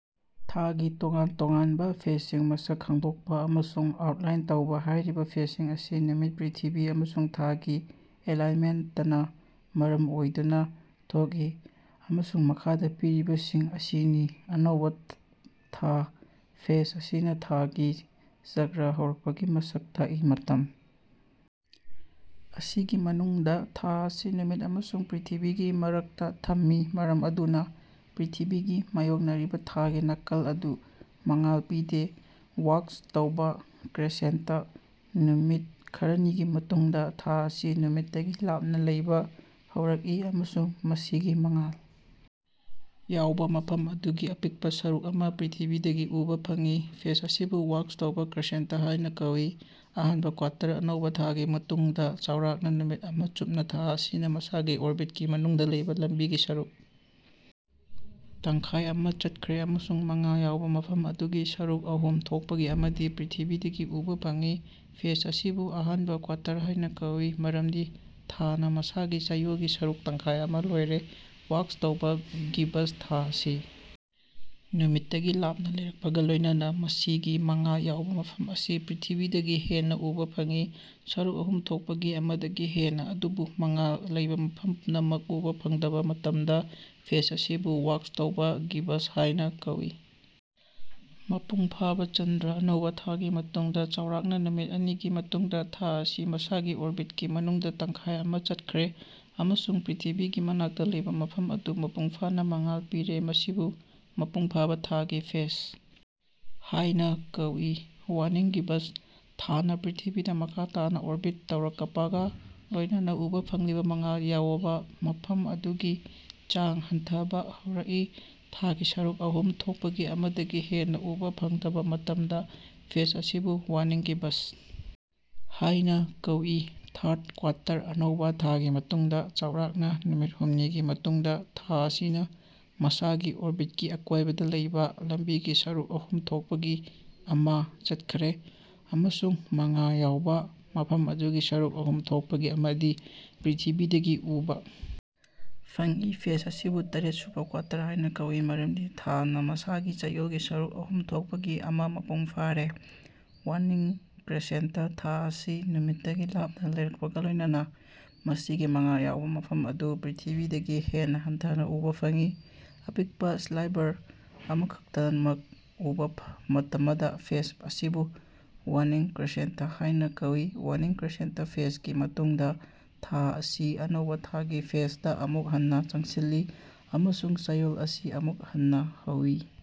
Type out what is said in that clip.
ꯊꯥꯒꯤ ꯇꯣꯉꯥꯟ-ꯇꯣꯉꯥꯟꯕꯥ ꯐꯦꯖꯁꯤꯡ ꯃꯁꯛ ꯈꯪꯗꯣꯛꯄꯥ ꯑꯃꯁꯨꯡ ꯑꯥꯎꯠꯂꯥꯏꯟ ꯇꯧꯕꯥ꯫ ꯍꯥꯏꯔꯤꯕꯥ ꯐꯦꯖꯁꯤꯡ ꯑꯁꯤ ꯅꯨꯃꯤꯠ ꯄ꯭ꯔ꯭ꯤꯊꯤꯕꯤ ꯑꯃꯁꯨꯡ ꯊꯥꯒꯤ ꯑꯦꯂꯥꯏꯟꯃꯦꯟꯇꯅꯥ ꯃꯔꯝ ꯑꯣꯏꯗꯨꯅꯥ ꯊꯣꯛꯏ꯫, ꯑꯃꯁꯨꯡ ꯃꯈꯥꯗꯥ ꯄꯤꯔꯤꯕꯁꯤꯡ ꯑꯁꯤꯅꯤ: ꯑꯅꯧꯕꯥ ꯊꯥ: ꯐꯦꯖ ꯑꯁꯤꯅꯥ ꯊꯥꯒꯤ ꯆꯛꯔ ꯍꯧꯔꯛꯄꯒꯤ ꯃꯁꯛ ꯇꯥꯛꯏ꯫ ꯃꯇꯝ ꯑꯁꯤꯒꯤ ꯃꯅꯨꯡꯗꯥ ꯊꯥ ꯑꯁꯤ ꯅꯨꯃꯤꯠ ꯑꯃꯁꯨꯡ ꯄ꯭ꯔ꯭ꯤꯊꯤꯕꯤꯒꯤ ꯃꯔꯛꯇꯥ ꯊꯝꯃꯤ꯫ ꯃꯔꯝ ꯑꯗꯨꯅꯥ ꯄ꯭ꯔ꯭ꯤꯊꯤꯕꯤꯒꯤ ꯃꯥꯌꯣꯛꯅꯔꯤꯕꯥ ꯊꯥꯒꯤ ꯅꯥꯀꯜ ꯑꯗꯨ ꯃꯉꯥꯜ ꯄꯤꯗꯦ꯫ ꯋꯥꯛꯁ ꯇꯧꯕꯥ ꯀ꯭ꯔꯦꯁꯦꯟꯇ: ꯅꯨꯃꯤꯠ ꯈꯔꯅꯤꯒꯤ ꯃꯇꯨꯡꯗꯥ ꯊꯥ ꯑꯁꯤ ꯅꯨꯃꯤꯠꯇꯒꯤ ꯂꯥꯞꯅꯥ ꯂꯩꯕꯥ ꯍꯧꯔꯛꯏ꯫ ꯑꯃꯁꯨꯡ ꯃꯁꯤꯒꯤ ꯃꯉꯥꯜ ꯌꯥꯎꯕꯥ ꯃꯐꯝ ꯑꯗꯨꯒꯤ ꯑꯄꯤꯛꯄꯥ ꯁꯔꯨꯛ ꯑꯃꯥ ꯄ꯭ꯔ꯭ꯤꯊꯤꯕꯤꯗꯒꯤ ꯎꯕꯥ ꯐꯪꯏ꯫ ꯐꯦꯖ ꯑꯁꯤꯕꯨ ꯋꯥꯛꯁ ꯇꯧꯕꯥ ꯀ꯭ꯔꯦꯁꯦꯟꯇ ꯍꯥꯏꯅꯥ ꯀꯧꯏ꯫ ꯑꯍꯥꯟꯕꯥ ꯀ꯭ꯋꯥꯔꯇꯔ: ꯑꯅꯧꯕꯥ ꯊꯥꯒꯤ ꯃꯇꯨꯡꯗꯥ ꯆꯥꯎꯔꯥꯛꯅꯥ ꯅꯨꯃꯤꯠ ꯑꯃꯥ ꯆꯨꯞꯅꯥ ꯊꯥ ꯑꯁꯤꯅꯥ ꯃꯁꯥꯒꯤ ꯑꯣꯔꯕꯤꯠꯀꯤ ꯃꯅꯨꯡꯗꯥ ꯂꯩꯕꯥ ꯂꯝꯕꯤꯒꯤ ꯁꯔꯨꯛ ꯇꯪꯈꯥꯏ ꯑꯃꯥ ꯆꯠꯈ꯭ꯔꯦ꯫ꯑꯃꯁꯨꯡ ꯃꯉꯥꯜ ꯌꯥꯎꯕꯥ ꯃꯐꯝ ꯑꯗꯨꯒꯤ ꯁꯔꯨꯛ ꯑꯍꯨꯝ ꯊꯣꯛꯄꯒꯤ ꯑꯃꯗꯤ ꯄ꯭ꯔ꯭ꯤꯊꯤꯕꯤꯗꯒꯤ ꯎꯕꯥ ꯐꯪꯏ꯫ ꯐꯦꯖ ꯑꯁꯤꯕꯨ ꯑꯍꯥꯟꯕꯥ ꯀ꯭ꯋꯥꯔꯇꯔ ꯍꯥꯏꯅꯥ ꯀꯧꯏ꯫ ꯃꯔꯝꯗꯤ ꯊꯥꯅꯥ ꯃꯁꯥꯒꯤ ꯆꯌꯣꯜꯒꯤ ꯁꯔꯨꯛ ꯇꯪꯈꯥꯏ ꯑꯃꯥ ꯂꯣꯏꯔꯦ꯫ ꯋꯥꯛꯁ ꯇꯧꯕꯥ ꯒꯤꯕꯁ: ꯊꯥ ꯑꯁꯤ ꯅꯨꯃꯤꯠꯇꯒꯤ ꯂꯥꯞꯅꯥ ꯂꯩꯔꯛꯄꯒꯥ ꯂꯣꯏꯅꯅꯥ ꯃꯁꯤꯒꯤ ꯃꯉꯥꯜ ꯌꯥꯎꯕꯥ ꯃꯐꯝ ꯑꯁꯤ ꯄ꯭ꯔ꯭ꯤꯊꯤꯕꯤꯗꯒꯤ ꯍꯦꯟꯅꯥ ꯎꯕꯥ ꯐꯪꯏ꯫ ꯁꯔꯨꯛ ꯑꯍꯨꯝ ꯊꯣꯛꯄꯒꯤ ꯑꯃꯗꯒꯤ ꯍꯦꯟꯅꯥ ꯑꯗꯨꯕꯨ ꯃꯉꯥꯜ ꯂꯩꯕꯥ ꯃꯐꯝ ꯄꯨꯝꯅꯃꯛ ꯎꯕꯥ ꯐꯪꯗꯕꯥ ꯃꯇꯝꯗꯥ ꯐꯦꯖ ꯑꯁꯤꯕꯨ ꯋꯥꯛꯁ ꯇꯧꯕꯥ ꯒꯤꯕꯁ ꯍꯥꯏꯅꯥ ꯀꯧꯏ꯫ ꯃꯄꯨꯡ ꯐꯥꯕꯥ ꯆꯟꯗ꯭ꯔ: ꯑꯅꯧꯕꯥ ꯊꯥꯒꯤ ꯃꯇꯨꯡꯗꯥ ꯆꯥꯎꯔꯥꯛꯅꯥ ꯅꯨꯃꯤꯠ ꯑꯅꯤꯒꯤ ꯃꯇꯨꯡꯗꯥ ꯊꯥ ꯑꯁꯤ ꯃꯁꯥꯒꯤ ꯑꯣꯔꯕꯤꯠꯀꯤ ꯃꯅꯨꯡꯗꯥ ꯇꯪꯈꯥꯏ ꯑꯃꯥ ꯆꯠꯈ꯭ꯔꯦ ꯑꯃꯁꯨꯡ ꯄ꯭ꯔ꯭ꯤꯊꯤꯕꯤꯒꯤ ꯃꯅꯥꯛꯇꯥ ꯂꯩꯕꯥ ꯃꯐꯝ ꯑꯗꯨ ꯃꯄꯨꯡ ꯐꯥꯅꯥ ꯃꯉꯥꯜ ꯄꯤꯔꯦ꯫ ꯃꯁꯤꯕꯨ ꯃꯄꯨꯡ ꯐꯥꯕꯥ ꯊꯥꯒꯤ ꯐꯦꯖ ꯍꯥꯏꯅꯥ ꯀꯧꯏ꯫ ꯋꯥꯅꯤꯡ ꯒꯤꯕꯁ: ꯊꯥꯅꯥ ꯄ꯭ꯔ꯭ꯤꯊꯤꯕꯤꯗꯥ ꯃꯈꯥ ꯇꯥꯅꯥ ꯑꯣꯔꯕꯤꯠ ꯇꯧꯔꯀꯄꯒꯥ ꯂꯣꯏꯅꯅꯥ ꯎꯕꯥ ꯐꯪꯂꯤꯕꯥ ꯃꯉꯥꯜ ꯌꯥꯑꯣꯕꯥ ꯃꯐꯝ ꯑꯗꯨꯒꯤ ꯆꯥꯡ ꯍꯟꯊꯕꯥ ꯍꯧꯔꯛꯏ꯫ ꯊꯥꯒꯤ ꯁꯔꯨꯛ ꯑꯍꯨꯝ ꯊꯣꯛꯄꯒꯤ ꯑꯃꯗꯒꯤ ꯍꯦꯟꯅꯥ ꯎꯕꯥ ꯐꯪꯗꯕꯥ ꯃꯇꯝꯗꯥ ꯐꯦꯖ ꯑꯁꯤꯕꯨ ꯋꯥꯅꯤꯡ ꯒꯤꯕꯁ ꯍꯥꯏꯅꯥ ꯀꯧꯏ꯫ ꯊꯥꯔꯗ ꯀ꯭ꯋꯥꯔꯇꯔ: ꯑꯅꯧꯕꯥ ꯊꯥꯒꯤ ꯃꯇꯨꯡꯗꯥ ꯆꯥꯎꯔꯥꯛꯅꯥ ꯅꯨꯃꯤꯠ ꯍꯨꯝꯅꯤꯒꯤ ꯃꯇꯨꯡꯗꯥ ꯊꯥ ꯑꯁꯤꯅꯥ ꯃꯁꯥꯒꯤ ꯑꯣꯔꯕꯤꯠꯀꯤ ꯑꯀꯣꯏꯕꯗꯥ ꯂꯩꯕꯥ ꯂꯝꯕꯤꯒꯤ ꯁꯔꯨꯛ ꯑꯍꯨꯝ ꯊꯣꯛꯄꯒꯤ ꯑꯃꯥ ꯆꯠꯈ꯭ꯔꯦ꯫ꯑꯃꯁꯨꯡ ꯃꯉꯥꯜ ꯌꯥꯎꯕꯥ ꯃꯐꯝ ꯑꯗꯨꯒꯤ ꯁꯔꯨꯛ ꯑꯍꯨꯝ ꯊꯣꯛꯄꯒꯤ ꯑꯃꯗꯤ ꯄ꯭ꯔ꯭ꯤꯊꯤꯕꯤꯗꯒꯤ ꯎꯕꯥ ꯐꯪꯏ꯫ ꯐꯦꯖ ꯑꯁꯤꯕꯨ ꯇꯔꯦꯠꯁꯨꯕꯥ ꯀ꯭ꯋꯥꯔꯇꯔ ꯍꯥꯏꯅꯥ ꯀꯧꯏ ꯃꯔꯝꯗꯤ ꯊꯥꯅꯥ ꯃꯁꯥꯒꯤ ꯆꯌꯣꯜꯒꯤ ꯁꯔꯨꯛ ꯑꯍꯨꯝ ꯊꯣꯛꯄꯒꯤ ꯑꯃꯥ ꯃꯄꯨꯡ ꯐꯥꯔꯦ꯫ ꯋꯥꯅꯤꯡ ꯀ꯭ꯔꯦꯁꯦꯟꯇ: ꯊꯥ ꯑꯁꯤ ꯅꯨꯃꯤꯠꯇꯒꯤ ꯂꯥꯞꯅꯥ ꯂꯩꯔꯛꯄꯒꯥ ꯂꯣꯏꯅꯅꯥ ꯃꯁꯤꯒꯤ ꯃꯉꯥꯜ ꯌꯥꯎꯕꯥ ꯃꯐꯝ ꯑꯗꯨ ꯄ꯭ꯔ꯭ꯤꯊꯤꯕꯤꯗꯒꯤ ꯍꯦꯟꯅꯥ ꯍꯟꯊꯅꯥ ꯎꯕꯥ ꯐꯪꯏ꯫ ꯑꯄꯤꯛꯄꯥ ꯁ꯭ꯂꯥꯏꯚꯔ ꯑꯃꯈꯛꯇꯃꯛ ꯎꯕꯥ ꯃꯇꯃꯗꯥ, ꯐꯦꯖ ꯑꯁꯤꯕꯨ ꯋꯥꯅꯤꯡ ꯀ꯭ꯔꯦꯁꯦꯟꯇ ꯍꯥꯌꯅꯥ ꯀꯧꯏ꯫ ꯋꯥꯅꯤꯡ ꯀ꯭ꯔꯦꯁꯦꯟꯇ ꯐꯦꯖꯒꯤ ꯃꯇꯨꯡꯗꯥ ꯊꯥ ꯑꯁꯤ ꯑꯅꯧꯕꯥ ꯊꯥꯒꯤ ꯐꯦꯖꯗꯥ ꯑꯃꯨꯛ ꯍꯟꯅꯥ ꯆꯪꯁꯤꯜꯂꯤ, ꯑꯃꯁꯨꯡ ꯆꯌꯣꯜ ꯑꯁꯤ ꯑꯃꯨꯛ ꯍꯟꯅꯥ ꯍꯧꯏ꯫।